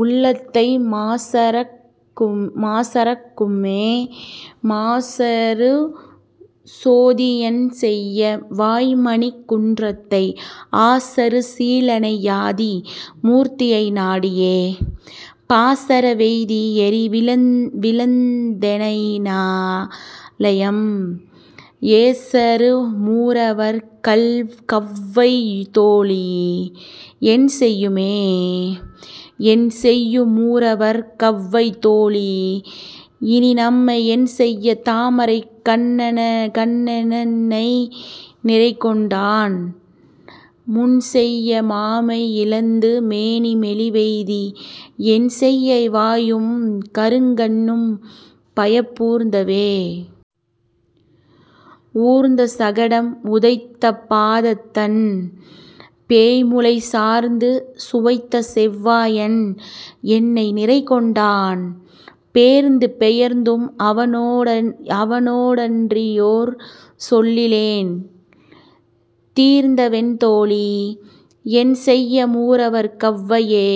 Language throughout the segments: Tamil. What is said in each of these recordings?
உள்ளத்தை மாசறுக் கும்மே. மாசறு சோதியென் செய்ய வாய்மணிக் குன்றத்தை ஆசறு சீலனை யாதி மூர்த்தியை நாடியே, பாசற வெய்தி யறிவிழந் தெனைநா ளையம்?, ஏசறு மூரவர் கவ்வை தோழீ. என்செய்யுமே?. என்செய்யு மூரவர் கவ்வை தோழீ. இனிநம்மை, என்செய்ய தாமரைக் கண்ண னென்னை நிறைகொண்டான், முன்செய்ய மாமை யிழந்து மேனி மெலிவெய்தி, என்செய்ய வாயும் கருங்கண் ணும்பயப் பூர்ந்தவே.. ஊர்ந்த சகடம் உதைத்தபாதத்தன், பேய்முலை சார்ந்து சுவைத்த செவ்வாயன் என்னை நிறைகொண்டான், பேர்ந்தும் பெயர்ந்தும் அவனோடன்றியோர் சொல்லிலேன், தீர்ந்தவென் தோழீ. என்செய்யு மூரவர் கவ்வையே?.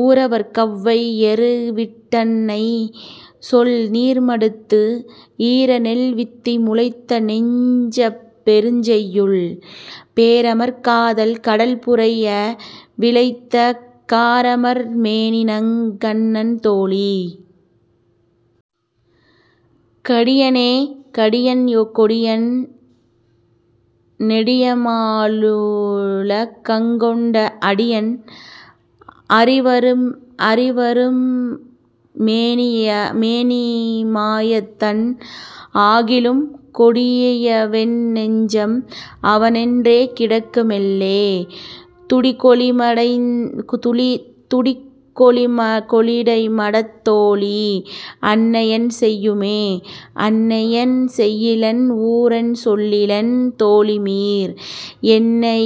ஊரவர் கவ்வை யெருவிட்டன்னைசொல் நீர்மடுத்து, ஈரநெல் வித்தி முளைத்த நெஞ்சப் பெருஞ்செய்யுள், பேரமர் காதல் கடல்புரைய விளைவித்த, காரமர் மேனிநங் கண்ணன் தோழீ. கடியனே.. கடியன் கொடியன் நெடியமாலுல கங்கொண்ட அடியன், அறிவரு மேனிமாயத்தன், ஆகிலும் கொடியவென் னெஞ்சம் அவனென்றே கிடக்கு மெல்லே, துடிகொ ளிடைமடத் தோழீ. அன்னையென் செய்யுமே?. அன்னையென் செய்யிலென் ஊரென் சொல்லிலென் தோழிமீர், என்னை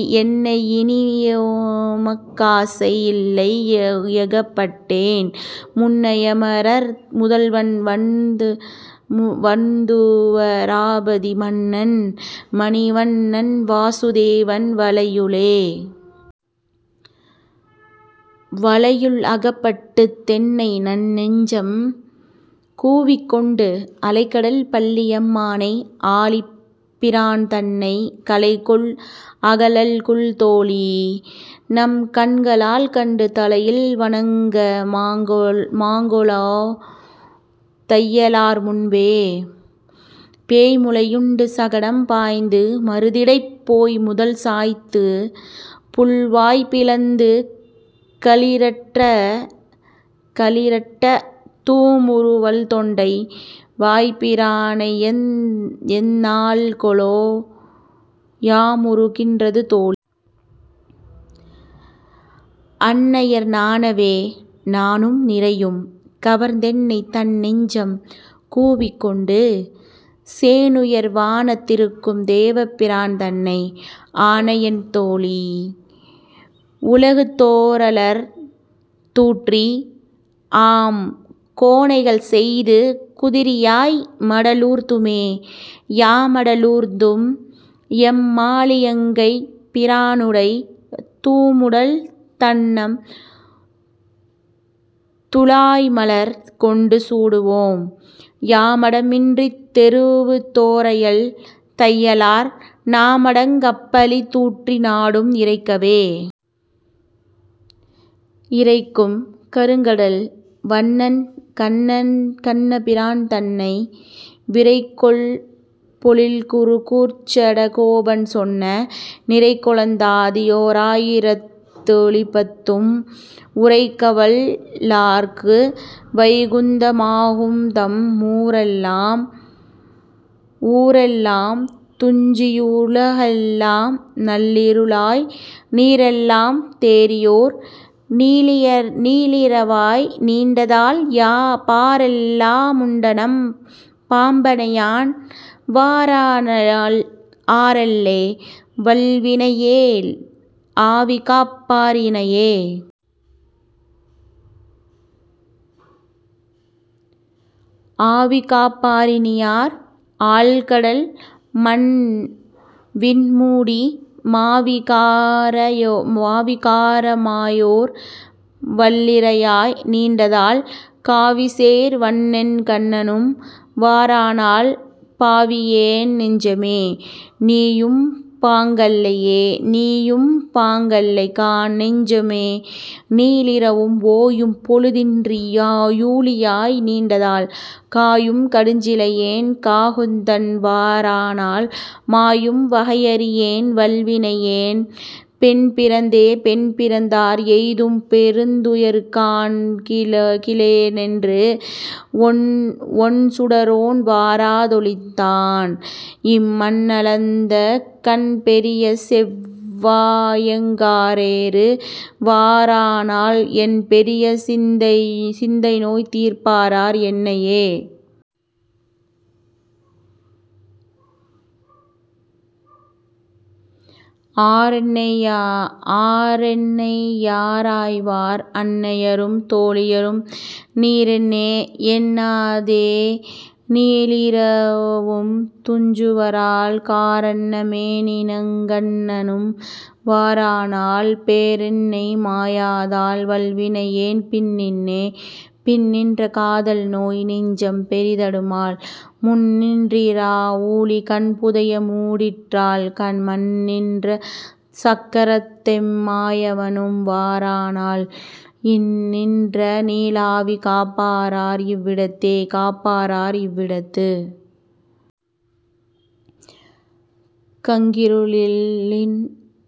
யினியுமக் காசை யில்லை யகப்பட்டேன், முன்னை யமரர் முதல்வன் வண்துவ ராபதி மன்னன், மணிவண் ணன்வாசு தேவன் வலையுளே.. வலையுள் அகப்பட்டுத் தென்னைநன் நெஞ்சம் கூவிக்கொண்டு, அலைகடல் பள்ளி யம்மானை ஆழிப் பிரான்தன்னை கலைகொள் அகலல்குல் தோழீ. நம்கண்க ளால்கண்டு தலையில் வணங்க மாங்கொலோ தையலார் முன்பே?. பேய்முலை யுண்டு சகடம் பாய்ந்து மருதிடைப் போய்முதல் சாய்த்து, புள்வாய் பிளந்து களிறட்ட, தூமுறு வல்தொண்டை, வாய்ப்பிரானையெந் நாள்கொலோ, யாமுறு கின்றது தோழீ. அன்னையர் நாணவே?. நாணும் நிறையும் கவர்ந்தென்னை நன்னெஞ்சம் கூவிக்கொண்டு, சேணுயர் வானத் திருக்கும் தேவ பிரான்தன்னை, ஆணையென் தோழீ. உலகு தோறலர் தூற்றி, ஆம் கோணைகள் செய்து குதிரியாய் மடலூர்துமே.. யாமட லூர்ந்தும் எம்மாழியங்கைப் பிரானுடை, தூமடல் தண்ணம் துழாய்மலர் கொண்டு சூடுவோம், யாமட மின்றித் தெருவு தோறயல் தையலார், நாமடங் கப்பழி தூற்றி நாடும் இரைக்கவே. இரைக்கும் கருங்கடல் வண்ணன் கண்ணபிரான்தன்னை, விரைக்கொள் பொழில்குரு கூர்ச்சட கோபன் சொன்ன, நிரைக்கொளந் தாதி யோரா யிரத்து ளிப்பத்தும், உரைக்கவல் லார்க்கு வைகுந்த மாகும்தம் மூரெல்லாம். ஊரெல்லாம் துஞ்சி யுலகெல்லாம் நள்ளிருளாய், நீரெல்லாம் தேறியோர் நீளிரவாய் நீண்டதால், பாரெல்லா முண்டநம் பாம்பணையான் வாரானால், ஆரெல்லே. வல்வினையேன் ஆவிகாப் பாரினையே?. ஆவிகாப் பாரினியார்? ஆழ்கடல்மண் விண்மூடி, மாவிகார மாயோர் வல்லிரவாய் நீண்டதால், காவிசேர் வண்ணனென் கண்ணனும் வாரானால், பாவியேன் நெஞ்சமே. நீயும்பாங் கல்லையே?. நீயும்பாங் கல்லைகாண் நெஞ்சமே. நீளிரவும், ஓயும் பொழுதின்றி யூழியாய் நீண்டதால், காயும் கடுஞ்சிலையென் காகுத்தன் வாரானால், மாயும் வகையறியேன் வல்வினையேன் பெண்பிறந்தே.. பெண்பிறந்தார் எய்தும் பெருந்துயர்காண் கிலேனென்று, ஒண்சுடரோன் வாரா தொளித்தான், இம் மண்ணளந்த கண்பெரிய செவ்வாயெங் காரேறு வாரானால், எண்பெரிய சிந்தைநோய் தீர்ப்பாரார் என்னையே?. ஆரென்னை யாராய்வார்? அன்னையரும் தோழியரும், நீரென்னே? என்னாதே நீளிரவும் துஞ்சுவரால், காரன்ன மேனிநங் கண்ணனும் வாரானால், பேரென்னை மாயாதால் வல்வினையேன் பின்நின்றே.. பின்நின்ற காதல்நோய் நெஞ்சம் பெரிதடுமால், முன்நின் றிராவூழி கண்புதைய மூடிற்றால், மன்னின்ற சக்கரத்தெம் மாயவனும் வாரானால், இந்நின்ற நீளாவி காப்பாரார் இவ்விடத்தே?. காப்பாரார் இவ்விடத்து? கங்கிருளின்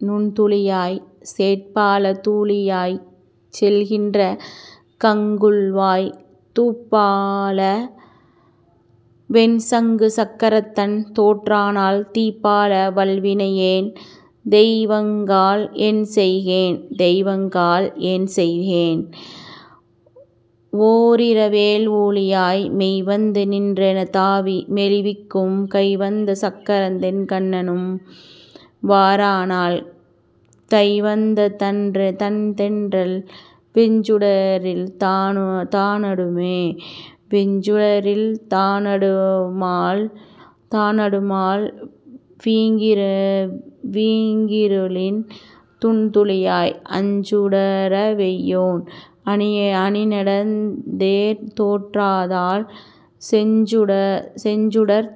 நுண்துளியாய், சேட்பால தூழியாய்ச் செல்கின்ற கங்குல்வாய், தூப்பால வெண்சங்கு சக்கரத்தன் தோன்றானால், தீப்பால வல்வினையேன் தெய்வங்காள். என்செய்கேன்?. தெய்வங்காள். என்செய்கேன்? ஓரிரவேழ் ஊழியாய், மெய்வந்து நின்றென தாவி மெலிவிக்கும் கைவந்த சக்கரதென் கண்ணனும் வாரானால், தைவந்த தண்தென்றல் வெஞ்சுடரில் தானடுமே.. வெஞ்சுடரில் தானடுமால் வீங்கிருளின் நுண்துளியாய், அஞ்சுடர வெய்யோன் அணிநெடுந்தேர் தோன்றாதால், செஞ்சுடர்த்